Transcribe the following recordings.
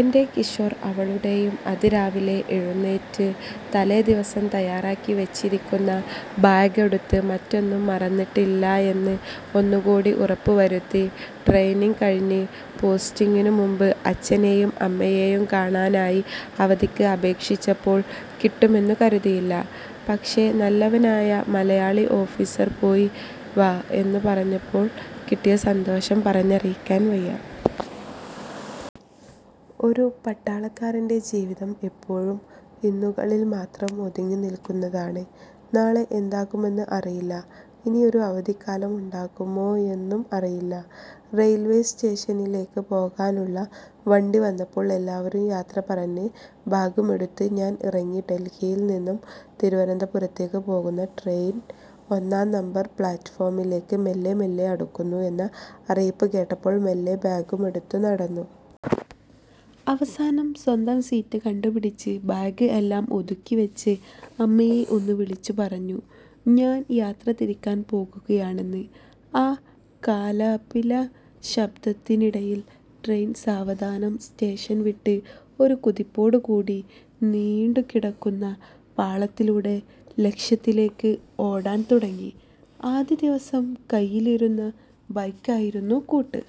എന്റെ കിഷോർ അവളുടെയും അതിരാവിലെ എഴുന്നേറ്റ് തലേദിവസം തയാറാക്കി വച്ചിരിക്കുന്ന ബാഗ് എടുത്ത് മറ്റൊന്നും മറന്നിട്ടില്ലായെന്ന് ഒന്നുകൂടി ഉറപ്പുവരുത്തി. ട്രെയ്നിങ് കഴിഞ്ഞ് പോസ്റ്റിങ്ങിനു മുമ്പ് അച്ഛനെയും അമ്മയെയും കാണാനായി അവധിക്ക് അപേക്ഷിച്ചപ്പോൾ കിട്ടുമെന്ന് കരുതിയതല്ല. പക്ഷേ നല്ലവനായ മലയാളി ഓഫിസർ പോയി വാ എന്നുപറഞ്ഞപ്പോൾ കിട്ടിയ സന്തോഷം പറഞ്ഞറിയിക്കാൻ വയ്യാ. ഒരു പട്ടാളക്കാരന്റെ ജീവിതം എപ്പോഴും ഇന്നുകളിൽ മാത്രം ഒതുങ്ങിനിൽക്കുന്നതാണ് നാളെ എന്താകുമെന്ന് അറിയില്ല. ഇനിയൊരു അവധിക്കാലം ഉണ്ടാകുമോയെന്നും അറിയില്ല. റെയിൽവേ സ്റ്റേഷനിലേക്ക് പോകാനുള്ള വണ്ടി വന്നപ്പോൾ എല്ലാവരോടും യാത്ര പറഞ്ഞ് ബാഗുമെടുത്ത് ഞാൻ ഇറങ്ങി. ഡൽഹിയിൽ നിന്ന് തിരുവന്തപുരത്തേക്ക് പോകുന്ന ട്രെയിൻ ഒന്നാം നമ്പർ പ്ലാറ്റ്ഫോമിലേക്ക് മെല്ലെ മെല്ലെ അടുക്കുന്നു എന്ന അറിയിപ്പ് കേട്ടപ്പോൾ മെല്ലെ ബാഗുമെടുത്ത് നടന്നു. അവസാനം സ്വന്തം സീറ്റ് കണ്ടുപിടിച്ച് ബാഗ് എല്ലാം ഒതുക്കിവച്ച് അമ്മയെ ഒന്ന് വിളിച്ചു പറഞ്ഞു ഞാൻ യാത്ര തിരിക്കാൻ പോകുകയാണെന്ന്. ആ കലപില ശബ്ദത്തിനിടയിൽ ട്രെയിൻ സാവധാനം സ്റ്റേഷൻ വിട്ട് ഒരു കുതിപ്പോടുകൂടി നീണ്ടുകിടക്കുന്ന പാളത്തിലൂടെ ലക്ഷ്യത്തിലേക്ക് ഓടാൻതുടങ്ങി. ആദ്യദിവസം കൈയിലിരുന്ന ബുക്ക് ആയിരുന്നു കൂട്ട്.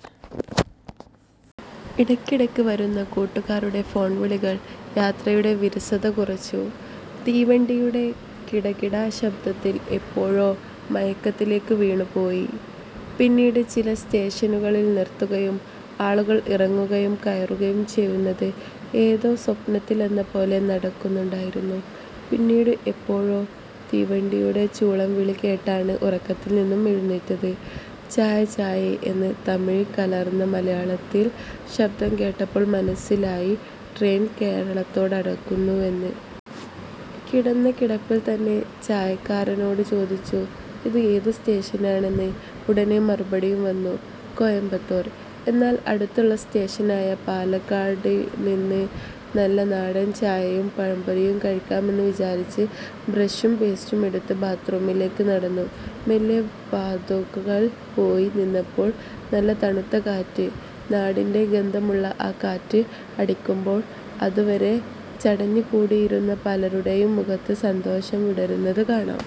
ഇടക്കിടക്ക് വരുന്ന കൂട്ടുകാരുടെ ഫോൺ വിളികൾ യാത്രയുടെ വിരസത കുറച്ചു. തീവണ്ടിയുടെ കിടകിട ശബ്ദത്തിൽ എപ്പോഴോ മയക്കത്തിലേക്ക് വീണുപോയി. പിന്നീട് ചില സ്റ്റേഷനുകളിൽ നിർത്തുകയും ആളുകൾ ഇറങ്ങുകയും കയറുകയും ചെയ്യുന്നത് ഏതോ സ്വപ്നത്തിലെന്നപോലെ നടക്കുന്നുണ്ടായിരുന്നു. പിന്നീട് എപ്പോഴോ തീവണ്ടിയുടെ ചൂളംവിളി കേട്ടാണ് ഉറക്കത്തിൽനിന്ന് എഴുന്നേറ്റത്. ചായ ചായേ എന്ന് തമിഴ് കലർന്ന മലയാളത്തിലുള്ള ശബ്ദം കേട്ടപ്പോൾ മനസിലായി ട്രെയിൻ കേരളത്തോട് അടുക്കുന്നുവെന്ന്. കിടന്ന കിടപ്പിൽ തന്നെ ചായക്കാരനോട് ചോദിച്ചു ഇത് ഏതു സ്റ്റേഷനാണെന്ന്, ഉടനെ മറുപടിയും വന്നു കോയമ്പത്തൂർ. എന്നാൽ അടുത്ത സ്റ്റേഷനായ പാലക്കാടുനിന്ന് നല്ല നാടൻ ചായയും പഴംപൊരിയും കഴിക്കാമെന്ന് വിചാരിച്ച് ബ്രെഷും പേസ്റ്റും എടുത്ത് ബാത്റൂമിലേക്ക് നടന്നു. മെല്ലെ വാതുക്കൽ പോയി നിന്നപ്പോൾ നല്ല തണുത്ത കാറ്റ്, നാടിന്റെ ഗന്ധമുള്ള ആ കാറ്റ് അടിക്കുമ്പോൾ അതുവരെ ചടഞ്ഞുകൂടിയിരുന്ന പലരുടെയും മുഖത്ത് സന്തോഷം വിടരുന്നത്ത് കാണാം.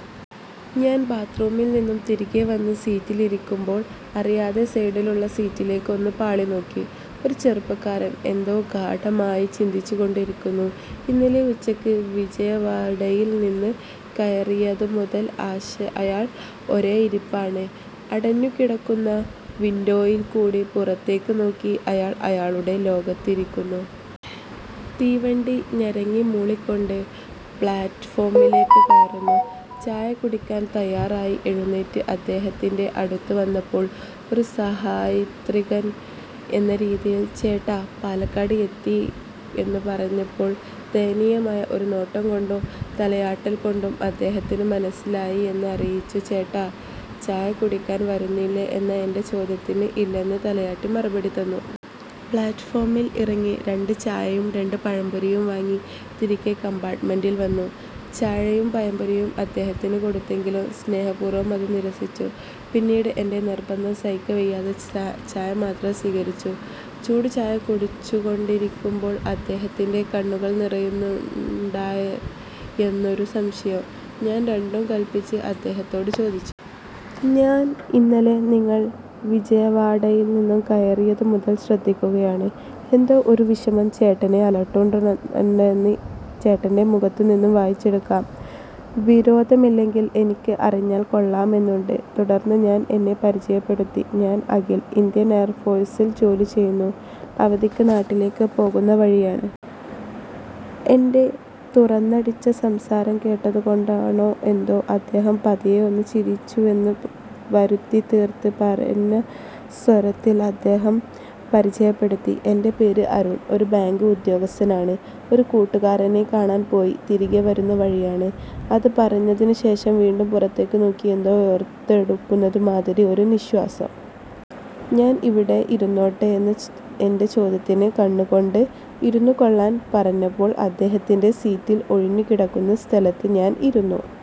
ഞാൻ ബാത്റൂമിൽ നിന്ന് തിരികെ വന്ന് സീറ്റിൽ ഇരിക്കുമ്പോൾ അറിയാതെ സൈഡിലുള്ള സീറ്റിലേക്ക് ഒന്ന് പാളിനോക്കി. ഒരു ചെറുപ്പക്കാരൻ എന്തോ ഗാഢമായി ചിന്തിച്ചുകൊണ്ടിരിക്കുന്നു. ഇന്നലെ ഉച്ചക്ക് വിജയവാഡയിൽ നിന്ന് കയറിയതുമുതൽ അയാൾ ഒരേ ഇരിപ്പാണ്. അടഞ്ഞുകിടക്കുന്ന വിൻഡോയിൽ കൂടി പുറത്തേക്ക് നോക്കി അയാൾ അയാളുടെ ലോകത്തിരിക്കുന്നു. തീവണ്ടി ഞരങ്ങിമൂളികൊണ്ട് പ്ലാറ്റ്ഫോമിലേക്ക് കയറുന്നു. ചായകുടിക്കാൻ തയ്യാറായി എഴുന്നേറ്റ് അദ്ദേഹത്തിന്റെ അടുത്ത് വന്നപ്പോൾ ഒരു സഹയാത്രികൻ എന്ന രീതിയിൽ ചേട്ടാ പാലക്കാട് എത്തി എന്നു പറഞ്ഞപ്പോൾ ദയനീയമായ ഒരു നോട്ടംകൊണ്ടും തലയാട്ടാലുകൊണ്ടും അദ്ദേഹത്തിന് മനസിലായി എന്ന് അറിയിച്ചു ചേട്ടാ ചായ കുടിക്കാൻ വരുന്നില്ലേ എന്ന എന്റെ ചോദ്യത്തിന്, ഇല്ലെന്ന് തലയാട്ടി മറുപടി തന്നു. പ്ലാറ്റ്ഫോമിൽ ഇറങ്ങി രണ്ട് ചായയും രണ്ട് പഴംപൊരിയും വാങ്ങി തിരികെ കംപാർട്മെന്റിൽ വന്നു. ചായയും പഴംപൊരിയും അദ്ദേഹത്തിന് കൊടുത്തെങ്കിലും സ്നേഹപൂർവം അത് നിരസിച്ചു. പിന്നീട് എന്റെ നിർബന്ധം സഹിക്കവയ്യാതെ ചായ മാത്രം സീകരിച്ചു. ചൂടുചായ കുടിച്ചുകൊണ്ടിരിക്കുമ്പോൾ അദ്ദേഹത്തിന്റെ കണ്ണുകൾ നിറയുന്നുണ്ടോയെന്നൊരു സംശയം. ഞാൻ രണ്ടും കല്പിച്ച് അദ്ദേഹത്തോട് ചോദിച്ചു. ഞാൻ ഇന്നലെ നിങ്ങൾ വിജയവാഡയിൽ നിന്ന് കയറിയതുമുതൽ ശ്രദ്ധിക്കുന്നതാണ്, എന്തോ ഒരു വിഷമം ചേട്ടനെ അലട്ടുന്നുണ്ടെന്ന് ചേട്ടന്റെ മുഖത്തുനിന്നും വായിച്ചെടുക്കാം. വിരോധമില്ലെങ്കിൽ എനിക്ക് അറിഞ്ഞാൽ കൊള്ളാമെന്നുണ്ട്. തുടർന്ന് ഞാൻ എന്നെ പരിചയപ്പെടുത്തി. ഞാൻ അഖിൽ ഇന്ത്യൻ എയർഫോഴ്സിൽ ജോലി ചെയ്യുന്നു, അവധിക്ക് നാട്ടിലേക്ക് പോകുന്ന വഴിയാണ്. എന്റെ തുറന്നടിച്ചുള്ള സംസാരം കേട്ടതുകൊണ്ടാണോ എന്തോ അദ്ദേഹം പതിയെ ഒന്ന് ചിരിച്ചുവെന്ന് വരുത്തിത്തീർത്ത് പതിഞ്ഞ സ്വരത്തിൽ അദ്ദേഹത്തെ പരിചയപ്പെടുത്തി, എന്റെ പേര് അരുൺ, ഒരു ബാങ്ക് ഉദ്യോഗസ്ഥനാണ്. ഒരു കൂട്ടുകാരനെ കാണാൻ പോയി തിരികെ വരുന്ന വഴിയാണ്. അത് പറഞ്ഞതിനുശേഷം വീണ്ടും പുറത്തേക്ക് നോക്കി എന്തോ ഓർത്തെടുക്കുന്നമാതിരി ഒരു നിശ്വാസം. ഞാൻ ഇവിടെ ഇരുന്നോട്ടെ എന്ന എന്റെ ചോദ്യത്തിന്ന് കണ്ണുകൊണ്ട് ഇരുന്നുകൊള്ളാൻ പറഞ്ഞപ്പോൾ അദ്ദേഹത്തിന്റെ സീറ്റിൽ ഒഴിഞ്ഞു കിടക്കുന്ന സ്ഥലത്ത് ഞാൻ ഇരുന്നു.